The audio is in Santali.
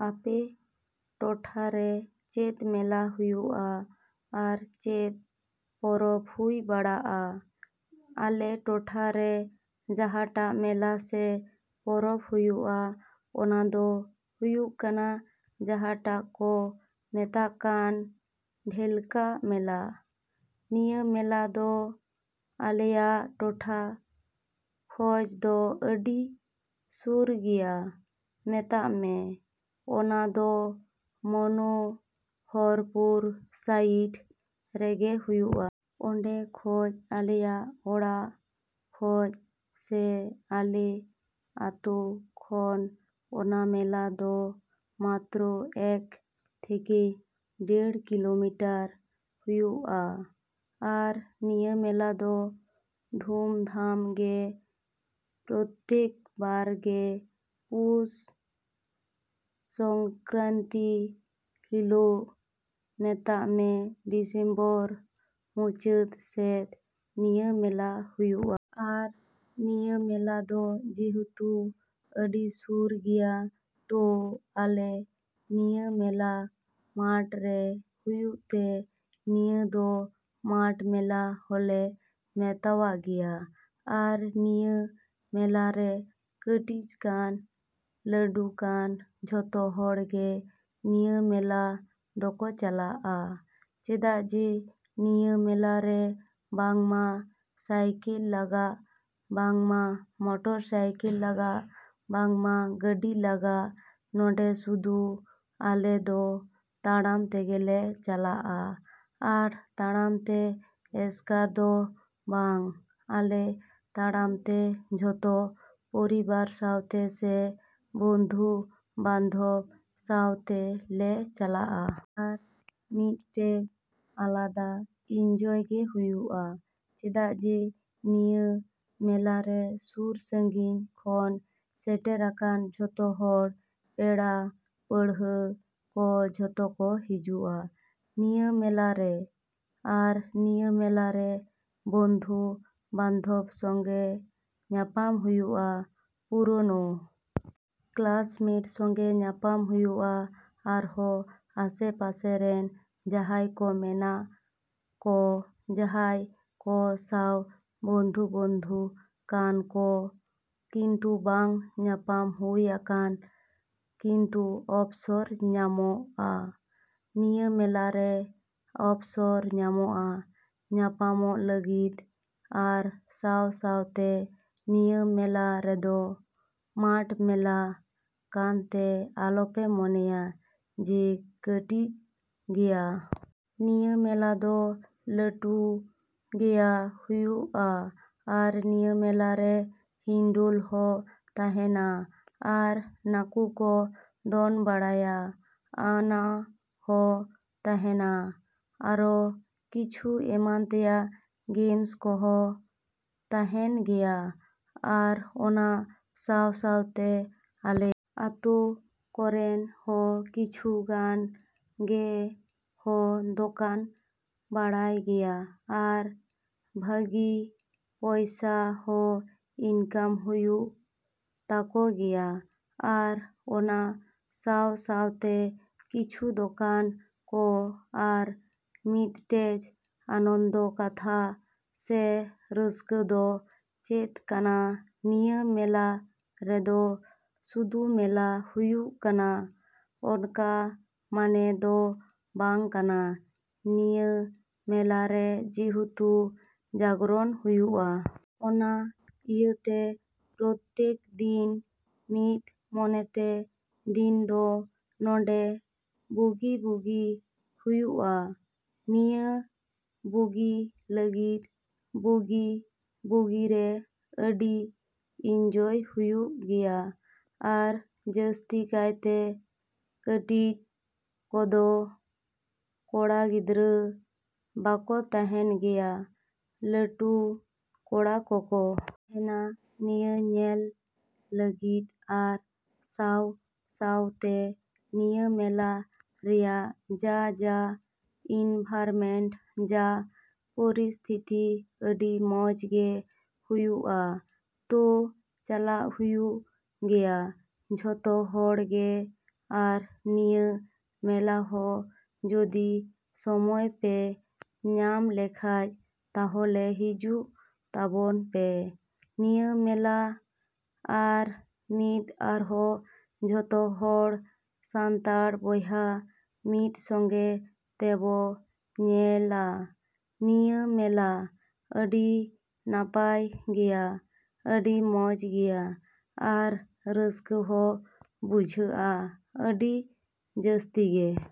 ᱟᱯᱮ ᱴᱚᱴᱷᱟᱨᱮ ᱪᱮᱫ ᱢᱮᱞᱟ ᱦᱩᱭᱩᱜᱼᱟ ᱟᱨ ᱪᱮᱫ ᱯᱚᱨᱚᱵᱽ ᱦᱩᱭ ᱵᱟᱲᱟᱜᱼᱟ? ᱟᱞᱮ ᱴᱚᱴᱷᱟ ᱨᱮ ᱡᱟᱸᱦᱟᱴᱟᱜ ᱢᱮᱞᱟ ᱥᱮ ᱯᱚᱨᱚᱵᱽ ᱦᱩᱭᱩᱜᱼᱟ ᱚᱱᱟ ᱫᱚ ᱦᱩᱭᱩᱜ ᱠᱟᱱᱟ ᱡᱟᱸᱦᱟᱴᱟᱜ ᱠᱚ ᱢᱮᱛᱟᱜ ᱠᱟᱱ ᱰᱷᱮᱞᱠᱟᱜ ᱢᱮᱞᱟ᱾ ᱱᱤᱭᱟᱹ ᱢᱮᱞᱟ ᱫᱚ ᱟᱞᱮᱭᱟᱜ ᱴᱚᱴᱷᱟ ᱠᱷᱚᱡ ᱫᱚ ᱟᱹᱰᱤ ᱥᱩᱨ ᱜᱮᱭᱟ ᱢᱮᱛᱟᱜ ᱢᱮ ᱚᱱᱟ ᱫᱚ ᱢᱚᱱᱳᱦᱚᱨᱯᱩᱨ ᱥᱟᱭᱤᱰ ᱨᱮᱜᱮ ᱦᱩᱭᱩᱜᱼᱟ᱾ ᱚᱸᱰᱮ ᱠᱷᱚᱡ ᱟᱞᱮᱭᱟᱜ ᱚᱲᱟᱜ ᱠᱷᱚᱡ ᱥᱮ ᱟᱞᱮ ᱟᱛᱳ ᱠᱷᱚᱱ ᱚᱱᱟ ᱢᱮᱞᱟ ᱫᱚ ᱢᱟᱛᱨᱚ ᱮᱠ ᱛᱷᱮᱠᱮ ᱰᱮᱲ ᱠᱤᱞᱳᱢᱤᱴᱟᱨ ᱦᱩᱭᱩᱜᱼᱟ᱾ ᱟᱨ ᱱᱤᱭᱟᱹ ᱢᱮᱞᱟ ᱫᱚ ᱫᱷᱩᱢᱫᱷᱟᱢ ᱜᱮ ᱯᱨᱚᱛᱮᱠ ᱵᱟᱨᱜᱮ ᱯᱳᱥ ᱥᱚᱝᱠᱮᱨᱟᱱᱛᱤ ᱦᱤᱞᱳᱜ ᱢᱮᱛᱟᱜ ᱢᱮ ᱰᱤᱥᱮᱢᱵᱚᱨ ᱢᱩᱪᱟᱹᱫ ᱥᱮᱫ ᱱᱤᱭᱟᱹ ᱢᱮᱞᱟ ᱦᱩᱭᱩᱜᱼᱟ᱾ ᱟᱨ ᱱᱤᱭᱟᱹ ᱢᱮᱞᱟ ᱫᱚ ᱡᱮᱦᱩᱛᱩ ᱟᱹᱰᱤ ᱥᱩᱨ ᱜᱮᱭᱟ ᱛᱳ ᱟᱞᱮ ᱱᱤᱭᱟᱹ ᱢᱮᱞᱟ ᱢᱟᱴᱷᱨᱮ ᱦᱩᱭᱩᱜ ᱛᱮ ᱱᱤᱭᱟᱹ ᱫᱚ ᱢᱟᱴᱷ ᱢᱮᱞᱟ ᱦᱚᱞᱮ ᱢᱮᱛᱟᱣᱟᱜ ᱜᱮᱭᱟ ᱟᱨ ᱱᱤᱭᱟᱹ ᱢᱮᱞᱟᱨᱮ ᱠᱟᱹᱴᱤᱡ ᱠᱟᱱ ᱞᱟᱹᱴᱩ ᱠᱟᱱ ᱡᱚᱛᱚ ᱦᱚᱲᱜᱮ ᱱᱤᱭᱟᱹ ᱢᱮᱞᱟ ᱫᱚᱠᱚ ᱪᱟᱞᱟᱜᱼᱟ ᱪᱮᱫᱟᱜ ᱡᱮ ᱱᱤᱭᱟᱹ ᱢᱮᱞᱟᱨᱮ ᱵᱟᱝᱢᱟ ᱥᱟᱭᱠᱮᱞ ᱞᱟᱜᱟᱜ ᱵᱟᱝᱢᱟ ᱢᱚᱴᱚᱨ ᱥᱟᱭᱠᱮᱞ ᱞᱟᱜᱟᱜ ᱵᱟᱝᱢᱟ ᱜᱟᱹᱰᱤ ᱞᱟᱜᱟᱜ ᱱᱚᱸᱰᱮ ᱥᱩᱫᱷᱩ ᱟᱞᱮ ᱫᱚ ᱛᱟᱲᱟᱢ ᱛᱮᱜᱮᱞᱮ ᱪᱟᱞᱟᱜᱼᱟ ᱟᱨ ᱛᱟᱲᱟᱢᱛᱮ ᱮᱥᱠᱟᱨ ᱫᱚ ᱵᱟᱝ ᱟᱞᱮ ᱛᱟᱲᱟᱢᱛᱮ ᱡᱚᱛᱚ ᱯᱚᱨᱤᱵᱟᱨ ᱥᱟᱶᱛᱮ ᱥᱮ ᱵᱚᱱᱫᱷᱩ ᱵᱟᱱᱫᱷᱚᱵ ᱥᱟᱶᱛᱮ ᱞᱮ ᱪᱟᱞᱟᱜᱼᱟ᱾ ᱟᱨ ᱢᱤᱫᱴᱮᱡ ᱟᱞᱟᱫᱟ ᱤᱱᱡᱚᱭ ᱜᱮ ᱦᱩᱭᱩᱜᱼᱟ ᱪᱮᱫᱟᱜ ᱡᱮ ᱱᱤᱭᱟᱹ ᱢᱮᱞᱟᱨᱮ ᱥᱩᱨ ᱥᱟᱺᱜᱤᱧ ᱠᱷᱚᱱ ᱥᱮᱴᱮᱨᱟᱠᱟᱱ ᱡᱚᱛᱚ ᱦᱚᱲ ᱯᱮᱲᱟ ᱯᱟᱹᱲᱦᱟᱹ ᱠᱚ ᱡᱚᱛᱚ ᱠᱚ ᱦᱤᱡᱩᱜᱼᱟ ᱱᱤᱭᱟᱹ ᱢᱮᱞᱟᱨᱮ ᱟᱨ ᱱᱤᱭᱟᱹ ᱢᱮᱞᱟᱨᱮ ᱵᱚᱱᱫᱷᱩ ᱵᱟᱱᱫᱷᱚᱵ ᱥᱚᱜᱮ ᱧᱟᱯᱟᱢ ᱦᱩᱭᱩᱜᱼᱟ᱾ ᱯᱩᱨᱳᱱᱳ ᱠᱮᱞᱟᱥᱢᱮᱴ ᱥᱚᱜᱮ ᱧᱟᱯᱟᱢ ᱦᱩᱭᱩᱜᱼᱟ ᱟᱨᱦᱚ ᱟᱥᱮ ᱯᱟᱥᱮ ᱨᱮᱱ ᱡᱟᱦᱟᱸᱭ ᱠᱚ ᱢᱮᱱᱟᱜ ᱠᱚ ᱡᱟᱦᱟᱸᱭ ᱠᱚ ᱥᱟᱶ ᱵᱚᱱᱫᱷᱩ ᱵᱚᱱᱫᱷᱩ ᱠᱟᱱ ᱠᱚ ᱠᱤᱱᱛᱩ ᱵᱟᱝ ᱧᱟᱯᱟᱢ ᱦᱩᱭ ᱟᱠᱟᱱ ᱠᱤᱱᱛᱩ ᱚᱯᱥᱚᱨ ᱧᱟᱢᱚᱜᱼᱟ ᱱᱤᱭᱟᱹ ᱢᱮᱞᱟᱨᱮ ᱚᱯᱥᱚᱨ ᱧᱟᱢᱚᱜᱼᱟ ᱧᱟᱯᱟᱢᱚᱜ ᱞᱟᱹᱜᱤᱫ ᱟᱨ ᱥᱟᱶ ᱥᱟᱶᱛᱮ ᱱᱤᱭᱟᱹ ᱢᱮᱞᱟ ᱨᱮᱫᱚ ᱢᱟᱴᱷ ᱢᱮᱞᱟ ᱠᱟᱱᱛᱮ ᱟᱞᱚᱯᱮ ᱢᱚᱱᱮᱭᱟ ᱡᱮ ᱠᱟᱹᱴᱤᱡ ᱜᱮᱭᱟ᱾ ᱱᱤᱭᱟᱹ ᱢᱮᱞᱟ ᱫᱚ ᱞᱟᱹᱴᱩ ᱜᱮᱭᱟ ᱦᱩᱭᱩᱜᱼᱟ ᱟᱨ ᱱᱤᱭᱟᱹ ᱢᱮᱞᱟᱨᱮ ᱦᱤᱱᱰᱳᱞ ᱦᱚᱸ ᱛᱟᱦᱮᱱᱟ᱾ ᱟᱨ ᱱᱟᱠᱩ ᱠᱚ ᱫᱚᱱ ᱵᱟᱲᱟᱭᱟ ᱚᱱᱟ ᱦᱚᱸ ᱛᱟᱦᱮᱱᱟ ᱟᱨᱚ ᱠᱤᱪᱷᱩ ᱮᱢᱟᱱ ᱛᱮᱭᱟᱜ ᱜᱮᱢᱥ ᱠᱚᱦᱚᱸ ᱛᱟᱦᱮᱱ ᱜᱮᱭᱟ᱾ ᱟᱨ ᱚᱱᱟ ᱥᱟᱶ ᱥᱟᱶᱛᱮ ᱟᱞᱮ ᱟᱛᱳ ᱠᱚᱨᱮᱱ ᱦᱚᱸ ᱠᱤᱪᱷᱩ ᱜᱟᱱ ᱜᱮ ᱦᱚᱸ ᱫᱚᱠᱟᱱ ᱵᱟᱲᱟᱭ ᱜᱮᱭᱟ ᱟᱨ ᱵᱷᱟᱹᱜᱤ ᱯᱚᱭᱥᱟ ᱦᱚᱸ ᱤᱱᱠᱟᱢ ᱦᱩᱭᱩᱜ ᱛᱟᱠᱚ ᱜᱮᱭᱟ ᱟᱨ ᱚᱱᱟ ᱥᱟᱶ ᱥᱟᱶᱛᱮ ᱠᱤᱪᱷᱩ ᱫᱚᱠᱟᱱ ᱠᱚ ᱟᱨ ᱢᱤᱫᱴᱮᱡ ᱟᱱᱚᱱᱫᱚ ᱠᱟᱛᱷᱟ ᱥᱮ ᱨᱟᱹᱥᱠᱟᱹ ᱫᱚ ᱪᱮᱫ ᱠᱟᱱᱟ ᱱᱤᱭᱟᱹ ᱢᱮᱞᱟ ᱨᱮᱫᱚ ᱥᱩᱫᱷᱩ ᱢᱮᱞᱟ ᱦᱩᱭᱩᱜ ᱠᱟᱱᱟ ᱚᱱᱠᱟ ᱢᱟᱱᱮ ᱫᱚ ᱵᱟᱝ ᱠᱟᱱᱟ ᱱᱤᱭᱟᱹ ᱢᱮᱞᱟᱨᱮ ᱡᱮᱦᱮᱛᱩ ᱡᱟᱜᱽᱨᱚᱱ ᱦᱩᱭᱩᱜᱼᱟ᱾ ᱚᱱᱟ ᱤᱭᱟᱹᱛᱮ ᱯᱨᱚᱛᱮᱠ ᱫᱤᱱ ᱢᱤᱫ ᱢᱚᱱᱮᱛᱮ ᱫᱤᱱᱫᱚ ᱱᱚᱰᱮ ᱵᱩᱜᱤ ᱵᱩᱜᱤ ᱦᱩᱭᱩᱜᱼᱟ ᱱᱤᱭᱟᱹ ᱵᱩᱜᱤ ᱞᱟᱹᱜᱤᱫ ᱵᱩᱜᱤ ᱵᱩᱜᱤᱨᱮ ᱟᱹᱰᱤ ᱤᱱᱡᱚᱭ ᱦᱩᱭᱩᱜ ᱜᱮᱭᱟ᱾ ᱟᱨ ᱡᱟᱹᱥᱛᱤ ᱠᱟᱭᱛᱮ ᱠᱟᱹᱴᱤᱡ ᱠᱚᱫᱚ ᱠᱚᱲᱟ ᱜᱤᱫᱽᱨᱟᱹ ᱵᱟᱠᱚ ᱛᱟᱦᱮᱱ ᱜᱮᱭᱟ ᱞᱟᱹᱴᱩ ᱠᱚᱲᱟ ᱠᱚᱠᱚ ᱛᱟᱦᱮᱱᱟ ᱱᱤᱭᱟᱹ ᱧᱮᱞ ᱞᱟᱹᱜᱤᱫ ᱟᱨ ᱥᱟᱶ ᱥᱟᱶᱛᱮ ᱱᱤᱭᱟᱹ ᱢᱮᱞᱟ ᱨᱮᱭᱟᱜ ᱡᱟ ᱡᱟ ᱤᱱᱵᱷᱟᱨᱢᱮᱱᱴ ᱡᱟ ᱯᱚᱨᱤᱥᱛᱷᱤᱛᱤ ᱟᱹᱰᱤ ᱢᱚᱡᱽ ᱜᱮ ᱦᱩᱭᱩᱜᱼᱟ ᱛᱳ ᱪᱟᱞᱟᱜ ᱦᱩᱭᱩᱜ ᱜᱮᱭᱟ ᱡᱚᱛᱚ ᱦᱚᱲᱜᱮ ᱟᱨ ᱱᱤᱭᱟᱹ ᱢᱮᱞᱟ ᱦᱚᱸ ᱡᱚᱫᱤ ᱥᱚᱢᱚᱭ ᱯᱮ ᱧᱟᱢ ᱞᱮᱠᱷᱟᱡ ᱛᱟᱦᱚᱞᱮ ᱦᱤᱡᱩᱜ ᱛᱟᱵᱚᱱᱯᱮ ᱱᱤᱭᱟᱹ ᱢᱮᱞᱟ ᱟᱨ ᱢᱤᱫ ᱟᱨᱦᱚᱸ ᱡᱚᱛᱚ ᱦᱚᱲ ᱥᱟᱱᱛᱟᱲ ᱵᱚᱭᱦᱟ ᱢᱤᱫ ᱥᱚᱜᱮ ᱛᱮᱵᱚ ᱧᱮᱞᱟ ᱱᱤᱭᱟᱹ ᱢᱮᱞᱟ ᱟᱹᱰᱤ ᱱᱟᱯᱟᱭ ᱜᱮᱭᱟ ᱟᱹᱰᱤ ᱢᱚᱡᱽ ᱜᱮᱭᱟ ᱟᱨ ᱨᱟᱹᱥᱠᱟᱹ ᱦᱚᱸ ᱵᱩᱡᱷᱟᱹᱜᱼᱟ ᱟᱹᱰᱤ ᱡᱟᱥᱛᱤ ᱜᱮ᱾